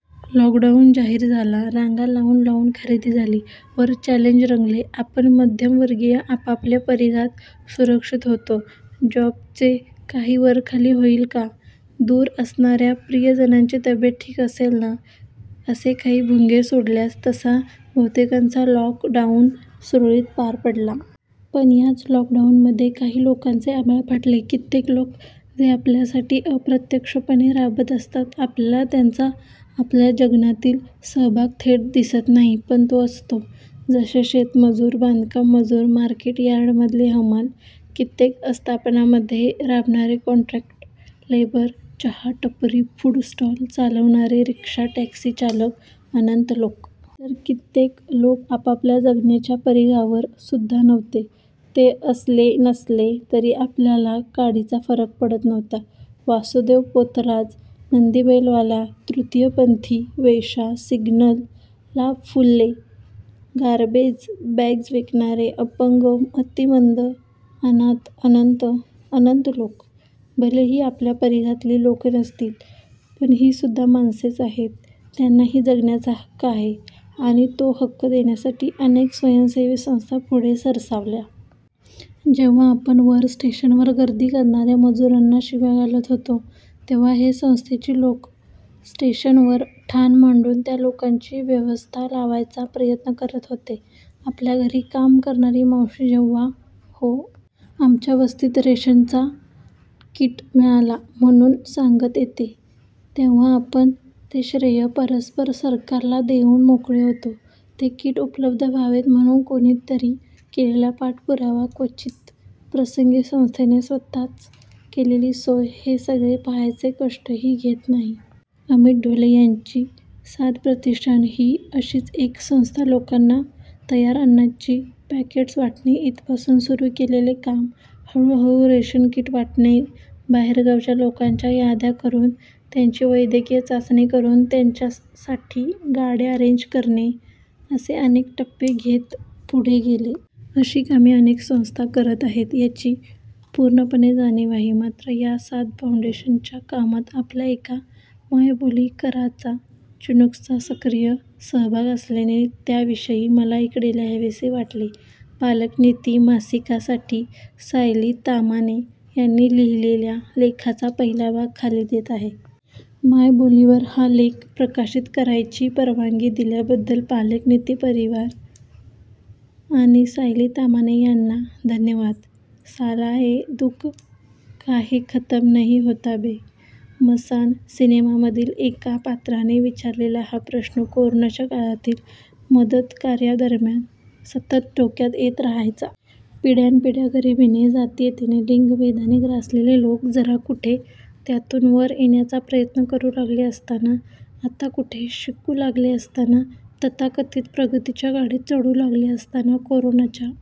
Lockdown जाहीर झाला, रांगा लावून लावून खरेदी झाली, वर चॅलेंज रंगले, आपण मध्यमवर्गीय आपापल्या परिघात सुरक्षित होतो, जॉब चे काही वरखाली होईल का?, दूर असणाऱ्या प्रियजनांची तब्येत ठीक असेल ना? असे काही भुंगे सोडल्यास तसा बहुतेकांचा लॉक डाऊन सुरळीत पार पडला. पण याच लॉक डाऊन मध्ये काही लोकांचे आभाळ फाटले, कित्येक लोक, जे आपल्यासाठी अप्रत्यक्ष पणे राबत असतात, आपल्याला त्यांचा आपल्या जगण्यातील सहभाग थेट दिसत नाही पण तो असतो, जसे शेतमजूर, बांधकाम मजूर, मार्केट यार्ड मधले हमाल, कित्येक अस्थापनांमध्ये राबणारे कॉन्ट्रॅक्ट लेबर, चहा, टपरी, फूड स्टॉल चालवणारे, रिक्षा, टॅक्सी चालक अनंत लोक. तर कित्येक लोक आपल्या जगण्याच्या परिघावर सुद्धा नव्हते. ते असले, नसले तरी आपल्याला काडीचा फरक पडत नव्हता, वासुदेव, पोतराज, नंदीबैलवाला, तृतीयपंथी, वेश्या, सिग्नल ला फुले, गारबेज बॅग्स विकणारे, अपंग, मतिमंद, अनाथ अनंत अनंत लोक, भले ही आपल्या परिघातली लोकं नसतील, पण ही सुद्धा माणसेच आहेत, त्यांना ही जगण्याचा हक्क आहे, आणि तो हक्क देण्यासाठी अनेक स्वयंसेवी संस्था पुढे सरसावल्या. जेव्हा आपण वर स्टेशन वर गर्दी करणाऱ्या मजुरांना शिव्या घालत होतो, तेव्हा हे संस्थेची लोक स्टेशन वर ठाण मांडून त्या लोकांची व्यवस्था लावायचा प्रयत्न करत होते. आपल्या घरी काम करणारी मावशी जेव्हा "हो, आमच्या वस्तीत रेशन चा किट मिळाला" म्हणून सांगत येते, तेव्हा आपण ते श्रेय परस्पर सरकार ला देऊन मोकळे होतो, ते किट उपलब्ध व्हावेत म्हणू कोणीतरी केलेला पाठपुरावा, क्वचित प्रसंगी संस्थेने स्वतः च केलेली सोय हे सगळे पहायचे कष्ट ही घेत नाही. अमित ढोले यांची साद प्रतिष्ठान ही अशीच एक संस्था, लोकांना तयार अन्नाची पॅकेट्स वाटणे, इथपासून सुरू केलेले काम, हळू-हळू रेशन किट वाटणे, बाहेर गावच्या लोकांच्या याद्या करून, त्यांची वैद्यकीय चाचणी करून, त्यांच्या साठी गाड्या अरेंज करणे असे अनेक टप्पे घेत पुढे गेले. अशी कामे अनेक संस्था करत आहेत याची पूर्णपणे जाणीव आहे. मात्र या साद फाउंडेशन च्या कामात आपल्या एका मायबोलीकराचा, चिनुक्सचा सक्रिय सहभाग असल्याने त्या विषयी मला इकडे लिहावेसे वाटले. पालकनिती मासिका साठी सायली तामाणे यांनी लिहिलेल्या लेखाचा पहिला भाग खाली देत आहे. मायबोली वर हा लेख प्रकाशित करायची परवानगी दिल्या बद्दल पालकनिती परिवार आणि सायली तामाणे यांना धन्यवाद. साला ये दुख काहे खतम नही होता बे? ' मसान सिनेमामधील एका पात्राने विचारलेला हा प्रश्न कोरोनाच्या काळातील मदतकार्यादरम्यान सतत डोक्यात येत राहायचा. पिढ्यानपिढ्या गरिबीने, जातीयतेने, लिंगभेदाने ग्रासलेले लोक जरा कुठे त्यातून वर येण्याचा प्रयत्न करू लागले असताना, आता कुठे शिकू लागले असताना, तथाकथित प्रगतीच्या गाडीत चढू लागले असताना कोरोनाच्या--